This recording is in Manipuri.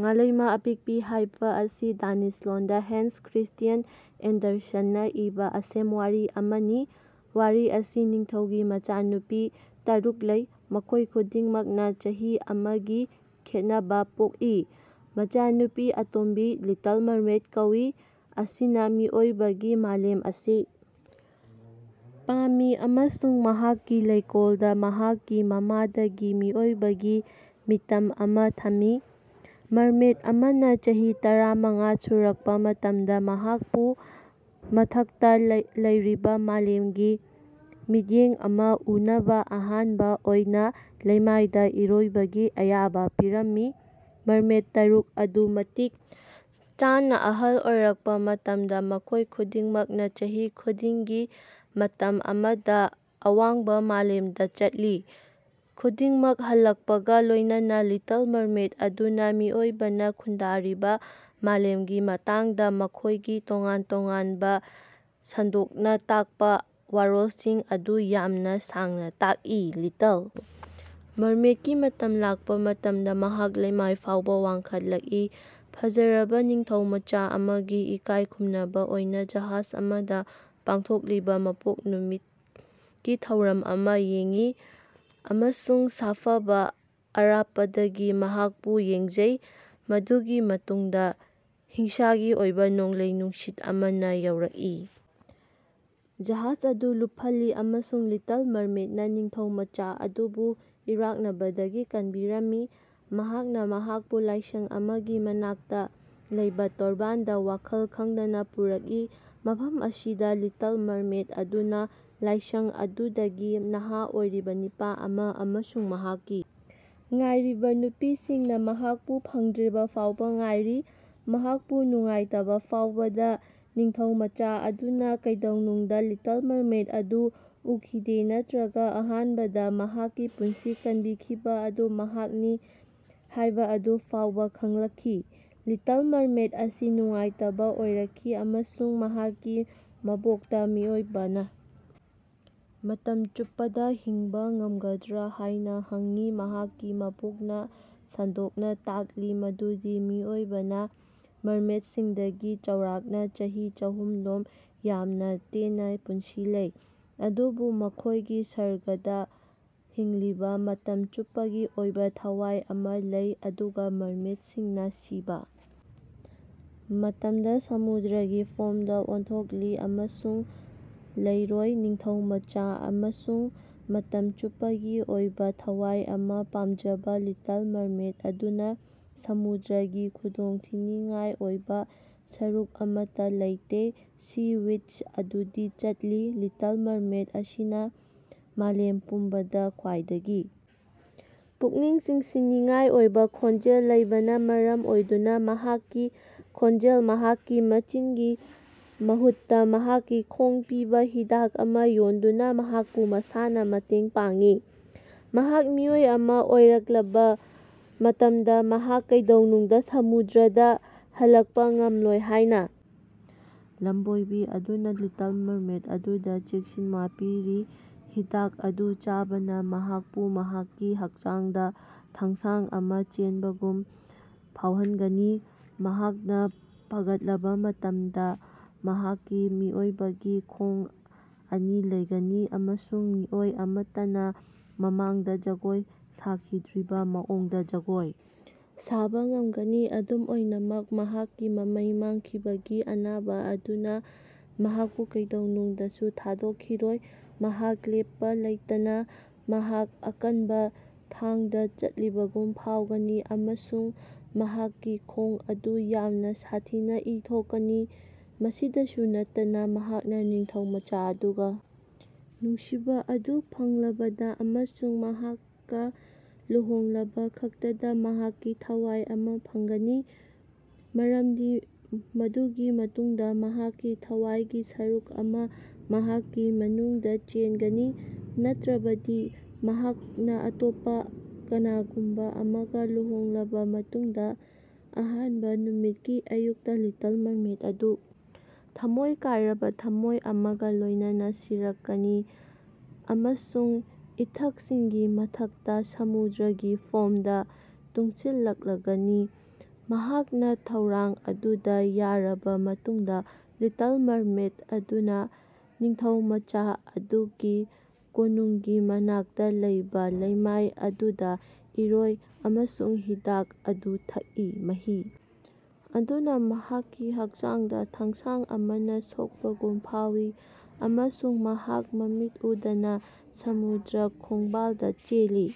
ꯉꯥꯂꯩꯃ ꯑꯄꯤꯛꯄꯤ ꯍꯥꯏꯕꯁꯤ ꯗꯦꯅꯤꯁ ꯂꯣꯟꯗ ꯍꯦꯟꯁ ꯈ꯭ꯔꯤꯁ꯭ꯇꯤꯌꯥꯟ ꯑꯦꯟꯗꯔꯁꯟꯅ ꯏꯕ ꯑꯁꯦꯝ ꯋꯥꯔꯤ ꯑꯃꯅꯤ꯫ ꯋꯥꯔꯤ ꯁꯤ ꯅꯤꯡꯊꯧꯒꯤ ꯃꯆꯥꯅꯨꯄꯤ ꯇꯥꯔꯨꯛ ꯂꯩ, ꯃꯈꯣꯏ ꯈꯨꯗꯤꯡꯃꯛꯅ ꯆꯍꯤ ꯑꯃꯒꯤ ꯈꯦꯠꯅꯕ ꯄꯣꯛꯏ꯫ ꯃꯆꯥꯅꯨꯄꯤ ꯑꯇꯣꯟꯕꯤ (ꯂꯤꯇꯜ ꯃꯔꯃꯦꯗ ꯀꯧꯕ) ꯑꯁꯤꯅ ꯃꯤꯑꯣꯏꯕꯒꯤ ꯃꯥꯂꯦꯝ ꯑꯁꯤ ꯄꯥꯝꯃꯤ ꯑꯃꯁꯨꯡ ꯃꯍꯥꯛꯀꯤ ꯂꯩꯀꯣꯜꯗ ꯃꯍꯥꯛꯀꯤ ꯃꯃꯥꯗꯒꯤ ꯃꯤꯑꯣꯏꯕꯒꯤ ꯃꯤꯇꯝ ꯑꯃ ꯊꯝꯃꯤ꯫ ꯃꯔꯃꯦꯗ ꯑꯃꯅ ꯆꯍꯤ ꯇꯔꯥꯃꯉꯥ ꯁꯨꯔꯛꯄ ꯃꯇꯝꯗ, ꯃꯍꯥꯛꯄꯨ ꯃꯊꯛꯇ ꯂꯩꯔꯤꯕ ꯃꯥꯂꯦꯝꯒꯤ ꯃꯤꯠꯌꯦꯡ ꯑꯃ ꯎꯅꯕ ꯑꯍꯥꯟꯕ ꯑꯣꯏꯅ ꯂꯩꯃꯥꯏꯗ ꯏꯔꯣꯏꯕꯒꯤ ꯑꯌꯥꯕ ꯄꯤꯔꯝꯃꯤ꯫ ꯃꯔꯃꯦꯗ ꯇꯥꯔꯨꯛ ꯑꯗꯨ ꯃꯇꯤꯛ ꯆꯥꯅ ꯑꯍꯜ ꯑꯣꯏꯔꯛꯄ ꯃꯇꯝꯗ, ꯃꯈꯣꯏ ꯈꯨꯗꯤꯡꯃꯛꯅ ꯆꯍꯤ ꯈꯨꯗꯤꯡꯒꯤ ꯃꯇꯝ ꯑꯃꯗ ꯑꯋꯥꯡꯕ ꯃꯥꯂꯦꯝꯗ ꯆꯠꯂꯤ꯫ ꯈꯨꯗꯤꯡꯃꯛ ꯍꯜꯂꯛꯄꯒ ꯂꯣꯏꯅꯅ, ꯂꯤꯇꯜ ꯃꯔꯃꯦꯗ ꯑꯗꯨꯅ ꯃꯤꯑꯣꯏꯕꯅ ꯈꯨꯟꯗꯥꯔꯤꯕ ꯃꯥꯂꯦꯝꯒꯤ ꯃꯇꯥꯡꯗ ꯃꯈꯣꯏꯒꯤ ꯇꯣꯉꯥꯟ-ꯇꯣꯉꯥꯟꯕ ꯁꯟꯗꯣꯛꯅ ꯇꯥꯛꯄ ꯋꯥꯔꯣꯜꯁꯤꯡ ꯑꯗꯨ ꯌꯥꯝꯅ ꯁꯥꯡꯅ ꯇꯥꯛꯏ꯫ ꯂꯤꯇꯜ ꯃꯔꯃꯦꯗꯀꯤ ꯃꯇꯝ ꯂꯥꯛꯄ ꯃꯇꯝꯗ, ꯃꯍꯥꯛ ꯂꯩꯃꯥꯏ ꯐꯥꯎꯕ ꯋꯥꯡꯈꯠꯂꯛꯏ, ꯐꯖꯔꯕ ꯅꯤꯡꯊꯧꯃꯆꯥ ꯑꯃꯒꯤ ꯏꯀꯥꯏꯈꯨꯝꯅꯕ ꯑꯣꯏꯅ ꯖꯍꯥꯖ ꯑꯃꯗ ꯄꯥꯡꯊꯣꯛꯂꯤꯕ ꯃꯄꯣꯛ ꯅꯨꯃꯤꯠꯀꯤ ꯊꯧꯔꯝ ꯑꯃ ꯌꯦꯡꯉꯤ, ꯑꯃꯁꯨꯡ ꯁꯥꯐꯕ ꯑꯔꯥꯞꯄꯗꯒꯤ ꯃꯍꯥꯛꯄꯨ ꯌꯦꯡꯖꯩ꯫ ꯃꯗꯨꯒꯤ ꯃꯇꯨꯡꯗ ꯍꯤꯡꯁꯥꯒꯤ ꯑꯣꯏꯕ ꯅꯣꯡꯂꯩ-ꯅꯨꯡꯁꯤꯠ ꯑꯃꯅ ꯌꯧꯔꯛꯏ, ꯖꯍꯥꯖ ꯑꯗꯨ ꯂꯨꯞꯍꯜꯂꯤ, ꯑꯃꯁꯨꯡ ꯂꯤꯇꯜ ꯃꯔꯃꯦꯗꯅ ꯅꯤꯡꯊꯧꯃꯆꯥ ꯑꯗꯨꯕꯨ ꯏꯔꯥꯛꯅꯕꯗꯒꯤ ꯀꯟꯕꯤꯔꯝꯃꯤ꯫ ꯃꯍꯥꯛꯅ ꯃꯍꯥꯛꯄꯨ ꯂꯥꯏꯁꯪ ꯑꯃꯒꯤ ꯃꯅꯥꯛꯇ ꯂꯩꯕ ꯇꯣꯔꯕꯥꯟꯗ ꯋꯥꯈꯜ ꯈꯪꯗꯅ ꯄꯨꯔꯛꯏ꯫ ꯃꯐꯝ ꯑꯁꯤꯗ, ꯂꯤꯇꯜ ꯃꯔꯃꯦꯗ ꯑꯗꯨꯅ ꯂꯥꯏꯁꯪ ꯑꯗꯨꯗꯒꯤ ꯅꯍꯥ ꯑꯣꯏꯔꯤꯕ ꯅꯤꯄꯥ ꯑꯃ ꯑꯃꯁꯨꯡ ꯃꯍꯥꯛꯀꯤ ꯉꯥꯏꯔꯤꯕ ꯅꯨꯄꯤꯁꯤꯡꯅ ꯃꯍꯥꯛꯄꯨ ꯐꯪꯗ꯭ꯔꯤꯕꯐꯥꯎꯕ ꯉꯥꯏꯔꯤ꯫ ꯃꯍꯥꯛꯄꯨ ꯅꯨꯡꯉꯥꯏꯇꯕ ꯐꯥꯎꯕꯗ, ꯅꯤꯡꯊꯧꯃꯆꯥ ꯑꯗꯨꯅ ꯀꯩꯗꯧꯅꯨꯡꯗ ꯂꯤꯇꯜ ꯃꯔꯃꯦꯗ ꯑꯗꯨ ꯎꯈꯤꯗꯦ ꯅꯠꯇ꯭ꯔꯒ ꯑꯍꯥꯟꯕꯗ ꯃꯍꯥꯛꯀꯤ ꯄꯨꯟꯁꯤ ꯀꯟꯕꯤꯈꯤꯕ ꯑꯗꯨ ꯃꯍꯥꯛꯅꯤ ꯍꯥꯏꯕ ꯑꯗꯨ ꯐꯥꯎꯕ ꯈꯪꯂꯛꯈꯤ꯫ ꯂꯤꯇꯜ ꯃꯔꯃꯦꯗ ꯑꯁꯤ ꯅꯨꯡꯉꯥꯏꯇꯕ ꯑꯣꯏꯔꯛꯏ ꯑꯃꯁꯨꯡ ꯃꯍꯥꯛꯀꯤ ꯃꯕꯣꯛꯇ ꯃꯤꯑꯣꯏꯕꯅ ꯃꯇꯝ ꯆꯨꯞꯄꯗ ꯍꯤꯡꯕ ꯉꯝꯒꯗ꯭ꯔ ꯍꯥꯏꯅ ꯍꯪꯏ꯫ ꯃꯍꯥꯛꯀꯤ ꯃꯕꯣꯛꯅ ꯁꯟꯗꯣꯛꯅ ꯇꯥꯛꯂꯤ ꯃꯗꯨꯗꯤ ꯃꯤꯑꯣꯏꯕꯅ ꯃꯔꯃꯦꯗꯁꯤꯡꯗꯒꯤ (ꯆꯥꯎꯔꯥꯛꯅ ꯆꯍꯤ ꯆꯥꯍꯨꯝ ꯂꯣꯝ) ꯌꯥꯝꯅ ꯇꯦꯟꯕ ꯄꯨꯟꯁꯤ ꯂꯩ, ꯑꯗꯨꯕꯨ ꯃꯈꯣꯏꯒꯤ ꯁꯔꯒꯇ ꯍꯤꯡꯂꯤꯕ ꯃꯇꯝ ꯆꯨꯞꯄꯒꯤ ꯑꯣꯏꯕ ꯊꯋꯥꯏ ꯑꯃ ꯂꯩ, ꯑꯗꯨꯒ ꯃꯔꯃꯦꯗꯁꯤꯡꯅ ꯁꯤꯕ ꯃꯇꯝꯗ ꯁꯃꯨꯗ꯭ꯔꯒꯤ ꯐꯣꯝꯗ ꯑꯣꯟꯊꯣꯛꯏ ꯑꯃꯁꯨꯡ ꯂꯩꯔꯣꯏ꯫ ꯅꯤꯡꯊꯧꯃꯆꯥ ꯑꯃꯁꯨꯡ ꯃꯇꯝ ꯆꯨꯞꯄꯒꯤ ꯑꯣꯏꯕ ꯊꯋꯥꯏ ꯑꯃ ꯄꯥꯝꯖꯕ ꯂꯤꯇꯜ ꯃꯔꯃꯦꯗ ꯑꯗꯨꯅ ꯁꯃꯨꯗ꯭ꯔꯒꯤ ꯈꯨꯗꯣꯡꯊꯤꯅꯤꯡꯉꯥꯏ ꯑꯣꯏꯕ ꯁꯔꯨꯛ ꯑꯃꯗ ꯂꯩꯇꯦ ꯁꯤ ꯋꯤꯆ ꯑꯗꯨꯗ ꯆꯠꯂꯤ꯫ ꯂꯤꯇꯜ ꯃꯔꯃꯦꯗ ꯑꯁꯤꯅ ꯃꯥꯂꯦꯝ ꯄꯨꯝꯕꯗ ꯈ꯭ꯋꯥꯏꯗꯒꯤ ꯄꯨꯛꯅꯤꯡ ꯆꯤꯡꯁꯤꯟꯅꯤꯡꯉꯥꯏ ꯑꯣꯏꯕ ꯈꯣꯟꯖꯦꯜ ꯂꯩꯕꯅ ꯃꯔꯝ ꯑꯣꯏꯗꯨꯅ ꯃꯍꯥꯛꯀꯤ ꯈꯣꯟꯖꯦꯜ (ꯃꯍꯥꯛꯀꯤ ꯃꯆꯤꯟ)ꯒꯤ ꯃꯍꯨꯠꯇ ꯃꯍꯥꯛꯀꯤ ꯈꯣꯡ ꯄꯤꯕ ꯍꯤꯗꯥꯛ ꯑꯃ ꯌꯣꯟꯗꯨꯅ ꯃꯍꯥꯛꯄꯨ ꯃꯁꯥꯅ ꯃꯇꯦꯡ ꯄꯥꯡꯉꯤ꯫ ꯃꯍꯥꯛ ꯃꯤꯑꯣꯏ ꯑꯃ ꯑꯣꯏꯔꯛꯂꯕ ꯃꯇꯝꯗ ꯃꯍꯥꯛ ꯀꯩꯗꯧꯅꯨꯡꯗ ꯁꯃꯨꯗ꯭ꯔꯗ ꯍꯜꯂꯛꯄ ꯉꯝꯂꯣꯏ ꯍꯥꯏꯅ ꯂꯝꯕꯣꯏꯕꯤ ꯑꯗꯨꯅ ꯂꯤꯇꯜ ꯃꯔꯃꯦꯗ ꯑꯗꯨꯗ ꯆꯦꯛꯁꯤꯟꯋꯥ ꯄꯤꯔꯤ꯫ ꯍꯤꯗꯥꯛ ꯑꯗꯨ ꯆꯥꯕꯅ ꯃꯍꯥꯛꯄꯨ ꯃꯍꯥꯛꯀꯤ ꯍꯛꯆꯥꯡꯗ ꯊꯥꯡꯁꯥꯡ ꯑꯃ ꯆꯦꯟꯕꯒꯨꯝ ꯐꯥꯎꯍꯟꯒꯅꯤ꯫ ꯃꯍꯥꯛꯅ ꯐꯒꯠꯂꯕ ꯃꯇꯝꯗ, ꯃꯍꯥꯛꯀꯤ ꯃꯤꯑꯣꯏꯕꯒꯤ ꯈꯣꯡ ꯑꯅꯤ ꯂꯩꯒꯅꯤ ꯑꯃꯁꯨꯡ ꯃꯤꯑꯣꯏ ꯑꯃꯠꯇꯅ ꯃꯃꯥꯡꯗ ꯖꯒꯣꯏ ꯁꯥꯈꯤꯗ꯭ꯔꯤꯕ ꯃꯑꯣꯡꯗ ꯖꯒꯣꯏ ꯁꯥꯕ ꯉꯝꯒꯅꯤ ꯑꯗꯨꯝ ꯑꯣꯏꯅꯃꯛ, ꯃꯍꯥꯛꯀꯤ ꯃꯃꯩ ꯃꯥꯡꯈꯤꯕꯒꯤ ꯑꯅꯥꯕ ꯑꯗꯨꯅ ꯃꯍꯥꯛꯄꯨ ꯀꯩꯗꯧꯉꯩꯗꯁꯨ ꯊꯥꯗꯣꯛꯈꯤꯔꯣꯏ ꯃꯍꯥꯛ ꯂꯦꯞꯄ ꯂꯩꯇꯅ ꯃꯍꯥꯛ ꯑꯀꯟꯕ ꯊꯥꯡꯗ ꯆꯠꯂꯤꯕꯒꯨꯝ ꯐꯥꯎꯒꯅꯤ, ꯑꯃꯁꯨꯡ ꯃꯍꯥꯛꯀꯤ ꯈꯣꯡ ꯑꯗꯨ ꯌꯥꯝꯅ ꯁꯥꯊꯤꯅ ꯏ ꯊꯣꯛꯀꯅꯤ꯫ ꯃꯁꯤꯗꯁꯨ ꯅꯠꯇꯅ, ꯃꯍꯥꯛꯅ ꯅꯤꯡꯊꯧꯃꯆꯥ ꯑꯗꯨꯒꯥ ꯅꯨꯡꯁꯤꯕ ꯑꯗꯨ ꯐꯪꯂꯕꯗꯥ ꯑꯃꯁꯨꯡ ꯃꯍꯥꯛꯀ ꯂꯨꯍꯣꯡꯂꯕꯈꯛꯇꯗ ꯃꯍꯥꯛꯅ ꯊꯋꯥꯏ ꯑꯃ ꯐꯪꯒꯅꯤ, ꯃꯔꯝꯗꯤ ꯃꯗꯨꯒꯤ ꯃꯇꯨꯡꯗ ꯃꯍꯥꯛꯀꯤ ꯊꯋꯥꯏꯒꯤ ꯁꯔꯨꯛ ꯑꯃ ꯃꯍꯥꯛꯀꯤ ꯃꯅꯨꯡꯗ ꯆꯦꯟꯒꯅꯤ꯫ ꯅꯠꯇ꯭ꯔꯕꯗꯤ, ꯃꯍꯥꯛꯅ ꯑꯇꯣꯞꯄ ꯀꯅꯥꯒꯨꯝꯕ ꯑꯃꯒ ꯂꯨꯍꯣꯡꯂꯕ ꯃꯇꯨꯡꯗ ꯑꯍꯥꯟꯕ ꯅꯨꯃꯤꯠꯀꯤ ꯑꯌꯨꯛꯇ, ꯂꯤꯇꯜ ꯃꯔꯃꯦꯗ ꯑꯗꯨ ꯊꯃꯣꯏ ꯀꯥꯏꯔꯕ ꯊꯃꯣꯏ ꯑꯃꯒ ꯂꯣꯏꯅꯅ ꯁꯤꯔꯛꯀꯅꯤ ꯑꯃꯁꯨꯡ ꯏꯊꯛꯁꯤꯡꯒꯤ ꯃꯊꯛꯇ ꯁꯃꯨꯗ꯭ꯔꯒꯤ ꯐꯣꯝꯗ ꯇꯨꯡꯁꯤꯜꯂꯒꯅꯤ꯫ ꯃꯍꯥꯛꯅ ꯊꯧꯔꯥꯡ ꯑꯗꯨꯗ ꯌꯥꯔꯕ ꯃꯇꯨꯡꯗ, ꯂꯤꯇꯜ ꯃꯔꯃꯦꯗ ꯑꯗꯨꯅ ꯅꯤꯡꯊꯧꯃꯆꯥ ꯑꯗꯨꯒꯤ ꯀꯣꯅꯨꯡꯒꯤ ꯃꯅꯥꯛꯇ ꯂꯩꯕ ꯂꯩꯃꯥꯏ ꯑꯗꯨꯗ ꯏꯔꯣꯏ ꯑꯃꯁꯨꯡ ꯍꯤꯗꯥꯛ ꯑꯗꯨ ꯊꯛꯏ꯫ ꯃꯍꯤ ꯑꯗꯨꯅ ꯃꯍꯥꯛꯀꯤ ꯍꯛꯆꯥꯡꯗ ꯊꯥꯡꯁꯥꯡ ꯑꯃꯅ ꯁꯣꯛꯄꯒꯨꯝ ꯐꯥꯎꯋꯤ ꯑꯃꯁꯨꯡ ꯃꯍꯥꯛ ꯃꯃꯤꯠ ꯎꯗꯅ ꯁꯃꯨꯗ꯭ꯔ ꯈꯣꯡꯕꯥꯜꯗ ꯆꯦꯜꯂꯤ꯫